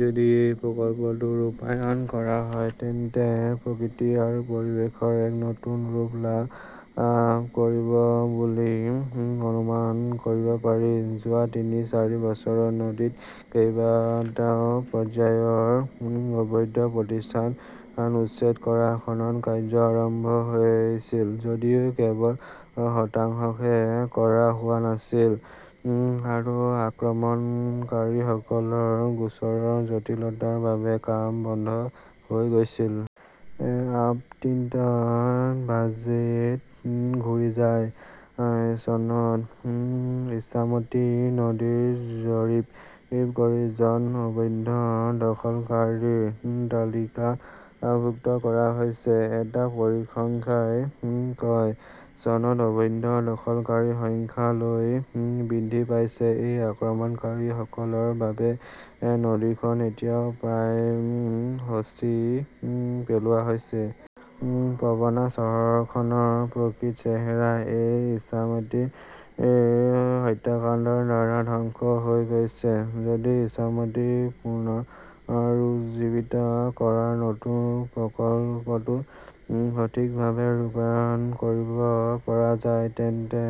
যদি এই প্ৰকল্পটো ৰূপায়ণ কৰা হয়, তেন্তে প্ৰকৃতি আৰু পৰিৱেশ এক নতুন ৰূপ লাভ কৰিব বুলি অনুমান কৰিব পাৰি। যোৱা তিনি-চাৰি বছৰত নদীত কেইবাটাও পৰ্যায়ৰ অবৈধ প্ৰতিষ্ঠান উচ্ছেদ আৰু খনন কাৰ্য আৰম্ভ হৈছিল যদিও কেৱল শতাংশহে কৰা হোৱা নাছিল, আৰু আক্ৰমণকাৰীসকলৰ গোচৰৰ জটিলতাৰ বাবে কাম বন্ধ হৈ গৈছিল। আবণ্টিত বাজেট ঘূৰি যায়। চনত ইছামতী নদীৰ জৰীপ কৰি জন অবৈধ দখলকাৰীক তালিকাভুক্ত কৰা হৈছিল, এটা পৰিসংখ্যাই কয়। চনত অবৈধ দখলকাৰীৰ সংখ্যা লৈ বৃদ্ধি পাইছে। এই আক্ৰমণকাৰীসকলৰ বাবে নদীখন এতিয়া প্ৰায় মচি পেলোৱা হৈছে। পবনা চহৰখনৰ প্ৰকৃত চেহেৰা এই ইছামতীৰ হত্যাকাণ্ডৰ দ্বাৰা ধ্বংস হৈ গৈছে। যদি ইছামতী পুনৰুজ্জীৱিত কৰাৰ নতুন প্ৰকল্পটো সঠিকভাৱে ৰূপায়ণ কৰিব পৰা যায়, তেন্তে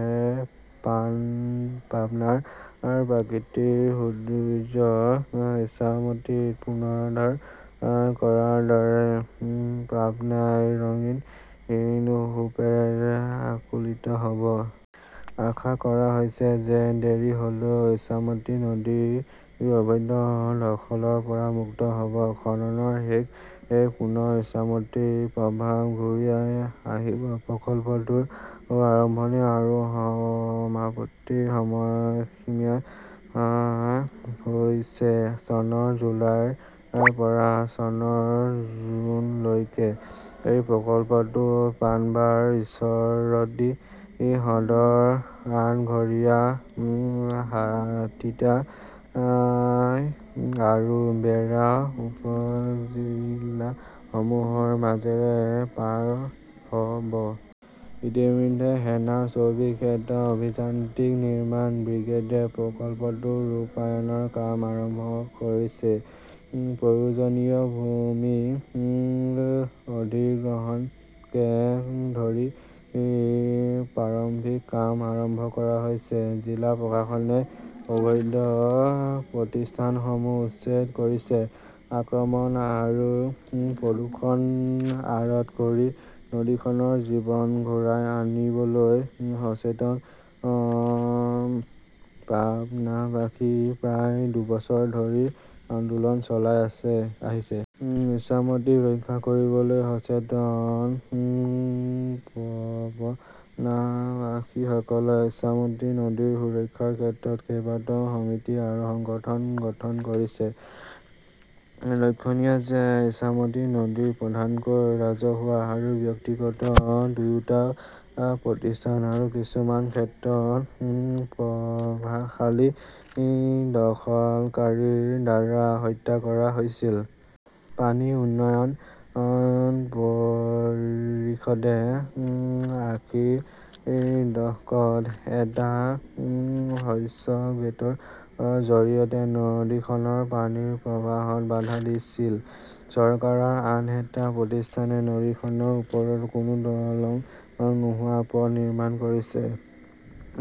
পাবনাৰ প্ৰাকৃতিক সৌন্দৰ্য্য ইছামতীক পুনৰুদ্ধাৰ কৰাৰ দৰে পাবনাই ৰঙীন পোহৰেৰে আলোকিত হ 'ব। আশা কৰা হৈছে যে দেৰি হ’লেও ইছামতী নদী অবৈধ দখলৰ পৰা মুক্ত হ’ব। খননৰ শেষত পুনৰ ইছামতিৰ প্ৰবাহ ঘূৰি আহিব। প্ৰকল্পটোৰ আৰম্ভণি আৰু সমাপ্তিৰ সময়সীমা হৈছে চনৰ জুলাইৰ পৰা চনৰ জুনলৈকে। এই প্ৰকল্পটোৱে পাবনাৰ ঈশ্বৰদী, সদৰ, আটঘৰিয়া, সাঁথিয়া আৰু বেৰা উপজিল্লাসমূহৰ মাজেৰে পাৰ হ 'ব। ইতিমধ্যে সেনাৰ চৌবিশ টা অভিযান্ত্ৰিক নিৰ্মাণ ব্ৰিগেডে প্ৰকল্পটোৰ ৰূপায়ণৰ কাম আৰম্ভ কৰিছে। প্ৰয়োজনীয় ভূমি অধিগ্ৰহণকে ধৰি প্ৰাৰম্ভিক কাম আৰম্ভ কৰা হৈছে। জিলা প্ৰশাসনে অবৈধ প্ৰতিষ্ঠানসমূহ উচ্ছেদ কৰিছে। আক্ৰমণ আৰু প্ৰদূষণ আঁতৰ কৰি নদীখনৰ জীৱন ঘূৰাই আনিবলৈ সচেতন পাবনাবাসী প্ৰায় দুবছৰ ধৰি আন্দোলন চলাই আহিছে। ইছামতীক ৰক্ষা কৰিবলৈ সচেতন পবনাৱাসীসকলে ইছামতী নদীৰ সুৰক্ষাৰ ক্ষেত্ৰত কেইবাটাও সমিতি আৰু সংগঠন গঠন কৰিছে। লক্ষণীয় যে ইছামতী নদী প্ৰধানকৈ ৰাজহুৱা আৰু ব্যক্তিগত দুয়োটা প্ৰতিষ্ঠান আৰু কিছুমান ক্ষেত্ৰত প্ৰভাৱশালী দখলকাৰীৰ দ্বাৰা হত্যা কৰা হৈছিল। পানী উন্নয়ন পৰিষদে আশীৰ দশকত এটা স্লুইছগেটৰ জৰিয়তে নদীখনৰ পানীৰ প্ৰবাহত বাধা দিছিল। চৰকাৰৰ আন এটা প্ৰতিষ্ঠানে নদীখনৰ ওপৰত কোনো দলং নোহোৱা পথ নিৰ্মাণ কৰিছে।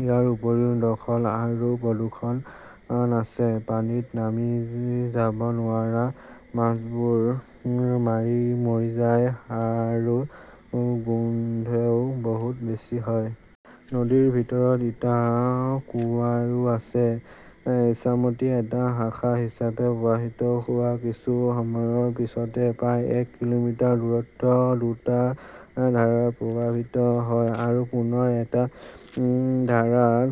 ইয়াৰ উপৰিও দখল আৰু প্ৰদূষণ আছে। পানীত নামি যাব নোৱাৰে, মাছবোৰ মৰি যায়, আৰু গোন্ধও বহুত বেছি হয়। নদীৰ ভিতৰত ইটাৰ কুঁৱাও আছে। ইছামতী এটা শাখা হিচাপে প্ৰৱাহিত হোৱাৰ কিছু সময়ৰ পিছতে প্ৰায় এক কিলোমিটাৰ দূৰত্বত দুটা ধাৰাত প্ৰৱাহিত হয় আৰু পুনৰ এটা ধাৰাত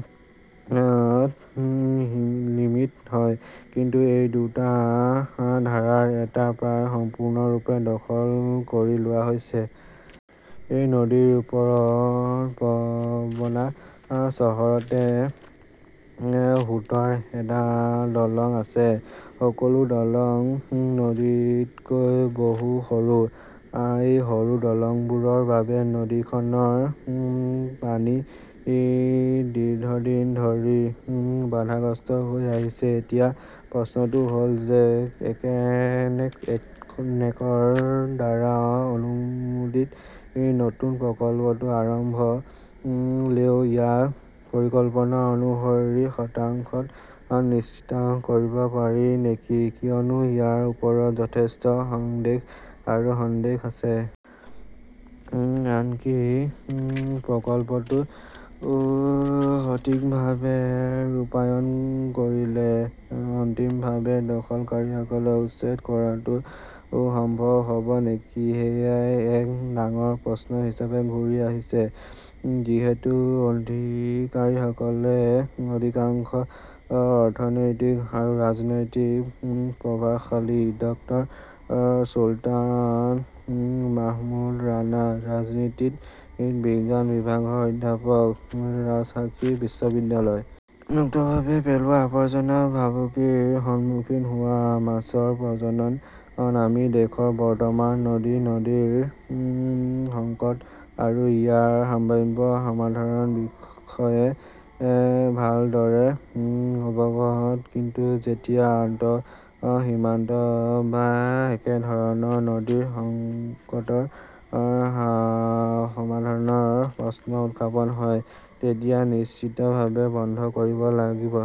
মিলিত হয়। কিন্তু এই দুটা ধাৰাৰ এটা প্ৰায় সম্পূৰ্ণৰূপে দখল কৰি লোৱা হৈছে। এই নদীৰ ওপৰত পবনা চহৰতে সোতৰ টা দলং আছে। সকলো দলং নদীতকৈ বহু সৰু। এই সৰু দলংবোৰৰ বাবে নদীখনৰ পানী দীৰ্ঘদিন ধৰি বাধাগ্ৰস্ত হৈ আহিছে। এতিয়া প্ৰশ্নটো হ’ল যে একনেকৰ দ্বাৰা অনুমোদিত নতুন প্ৰকল্পটো আৰম্ভ হ" লেও ইয়াক পৰিকল্পনা অনুসৰি শতাংশত নিশ্চিত কৰিব পাৰি নেকি কিয়নো ইয়াৰ ওপৰত যথেষ্ট সন্দেহ আৰু সন্দেহ আছে। আনকি প্ৰকল্পটো সঠিকভাৱে ৰূপায়ণ কৰিলে অন্তিমভাৱে দখলকাৰীসকলক উচ্ছেদ কৰাটো সম্ভৱ হ’ব নেকি-সেয়াও এক ডাঙৰ প্ৰশ্ন হিচাপে ঘূৰি আহিছে। যিহেতু অধিকাৰীসকলৰ অধিকাংশই অৰ্থনৈতিক আৰু ৰাজনৈতিকভাৱে প্ৰভাৱশালী। ডক্টৰ চুলতান মাহমুদ ৰাণা, ৰাজনীতি বিজ্ঞান বিভাগৰ অধ্যাপক, ৰাজশ্বাহী বিশ্ববিদ্যালয়। মুক্তভাৱে পেলোৱা আৱৰ্জনা, ভাবুকিৰ সন্মুখীন হোৱা মাছৰ প্ৰজনন আমি দেশৰ বৰ্তমানৰ নদী-নদীৰ সংকট আৰু ইয়াৰ সম্ভাৱ্য সমাধানৰ বিষয়ে ভালদৰে অৱগত; কিন্তু যেতিয়া আন্তঃসীমান্ত বা একেধৰণৰ নদীৰ সংকটৰ সমাধানৰ প্ৰশ্ন উত্থাপন হয়, তেতিয়া নিশ্চিতভাৱে বন্ধ কৰিব লাগিব।